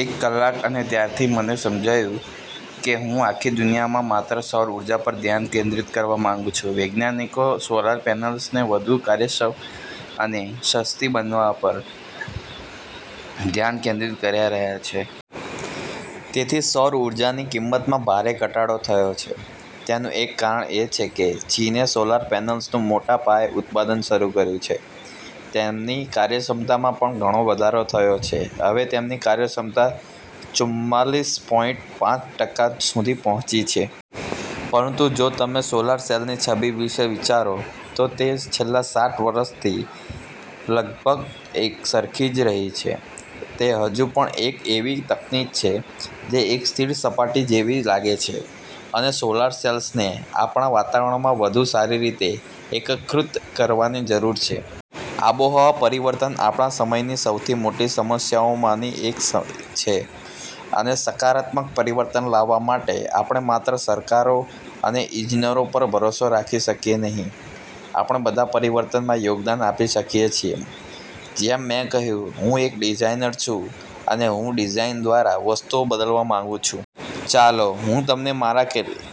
એક કલાક. અને ત્યારથી મને સમજાયું કે હું આખી દુનિયામાં માત્ર સૌર ઊર્જા પર ધ્યાન કેન્દ્રિત કરવા માંગુ છું. વૈજ્ઞાનિકો સોલાર પેનલ્સને વધુ કાર્યક્ષમ અને સસ્તી બનાવવા પર ધ્યાન કેન્દ્રિત કરી રહ્યા છે. તેથી સૌર ઊર્જાની કિંમતમાં ભારે ઘટાડો થયો છે. તેનું એક કારણ એ છે કે ચીને સોલાર પેનલ્સનું મોટા પાયે ઉત્પાદન શરૂ કર્યું છે. તેમની કાર્યક્ષમતામાં પણ ઘણો વધારો થયો છે. હવે તેમની કાર્યક્ષમતા ચુમ્માલીસ પોઇન્ટ પાંચ ટકા સુધી પહોંચી છે. પરંતુ જો તમે સોલાર સેલની છબી વિશે વિચારો, તો તે છેલ્લા સાઠ વર્ષથી લગભગ એકસરખી જ રહી છે. તે હજુ પણ એક એવી તકનીક છે, જે એક સ્થિર સપાટી જેવી લાગે છે. અને સોલાર સેલ્સને આપણા વાતાવરણમાં વધુ સારી રીતે એકીકૃત કરવાની જરૂર છે. આબોહવા પરિવર્તન આપણા સમયની સૌથી મોટી સમસ્યાઓમાંની એક છે. અને સકારાત્મક પરિવર્તન લાવવા માટે આપણે માત્ર સરકારો અને ઇજનેરો પર ભરોસો રાખી શકીએ નહીં. આપણે બધા પરિવર્તનમાં યોગદાન આપી શકીએ છીએ. જેમ મેં કહ્યું, હું એક ડિઝાઇનર છું અને હું ડિઝાઇન દ્વારા વસ્તુઓ બદલવા માંગું છું. ચાલો, હું તમને મારા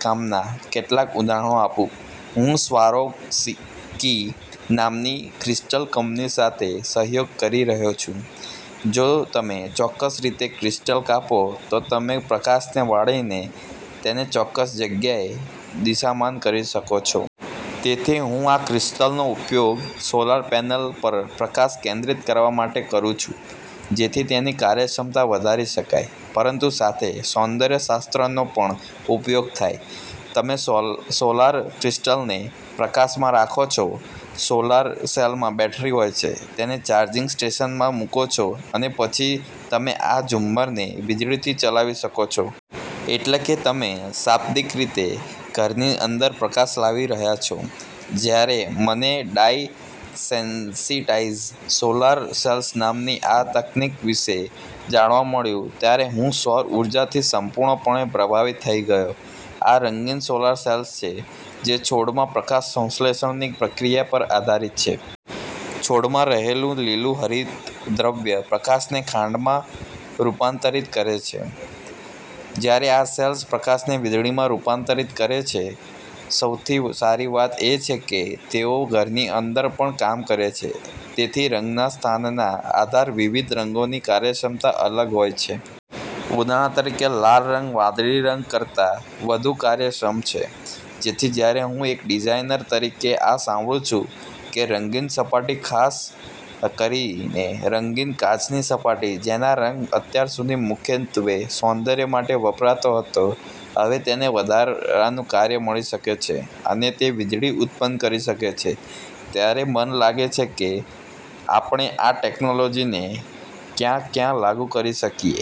કામનાં કેટલાક ઉદાહરણો આપું. હું સ્વારોવસ્કી નામની ક્રિસ્ટલ કંપની સાથે સહયોગ કરી રહ્યો છું. જો તમે ચોક્કસ રીતે ક્રિસ્ટલ કાપો, તો તમે પ્રકાશને વાળીને તેને ચોક્કસ જગ્યાએ દિશામાન કરી શકો છો. તેથી હું આ ક્રિસ્ટલ્સનો ઉપયોગ સોલાર પેનલ પર પ્રકાશ કેન્દ્રિત કરવા માટે કરું છું, જેથી તેની કાર્યક્ષમતા વધારી શકાય, પરંતુ સાથે સૌંદર્યશાસ્ત્રનો પણ ઉપયોગ થાય. તમે સોલાર ક્રિસ્ટલને પ્રકાશમાં રાખો છો, સોલાર સેલમાં બેટરી હોય છે, તેને ચાર્જિંગ સ્ટેશનમાં મૂકો છો અને પછી તમે આ ઝુમ્મરને વીજળીથી ચલાવી શકો છો. એટલે કે, તમે શાબ્દિક રીતે ઘરની અંદર પ્રકાશ લાવી રહ્યા છો. જ્યારે મને ડાઇ-સેન્સિટાઇઝ્ડ સોલાર સેલ્સ નામની આ તકનીક વિશે જાણવા મળ્યું, ત્યારે હું સૌર ઊર્જાથી સંપૂર્ણપણે પ્રભાવિત થઈ ગયો. આ રંગીન સોલાર સેલ્સ છે, જે છોડમાં પ્રકાશસંશ્લેષણની પ્રક્રિયા પર આધારિત છે. છોડમાં રહેલું લીલું હરિતદ્રવ્ય પ્રકાશને ખાંડમાં રૂપાંતરિત કરે છે, જ્યારે આ સેલ્સ પ્રકાશને વીજળીમાં રૂપાંતરિત કરે છે. સૌથી સારી વાત એ છે કે તેઓ ઘરની અંદર પણ કામ કરે છે. તેથી, રંગના સ્થાનના આધારે વિવિધ રંગોની કાર્યક્ષમતા અલગ હોય છે. ઉદાહરણ તરીકે, લાલ રંગ વાદળી કરતાં વધુ કાર્યક્ષમ છે. તેથી જ્યારે હું, એક ડિઝાઇનર તરીકે, આ સાંભળું છું કે રંગીન સપાટી, ખાસ કરીને રંગીન કાચની સપાટી, જેનો રંગ અત્યાર સુધી મુખ્યત્વે સૌંદર્ય માટે વપરાતો હતો, હવે તેને વધારાનું કાર્ય મળી શકે છે અને તે વીજળી ઉત્પન્ન કરી શકે છે, ત્યારે મને લાગે છે કે આપણે આ ટેક્નોલોજીને ક્યાં ક્યાં લાગુ કરી શકીએ...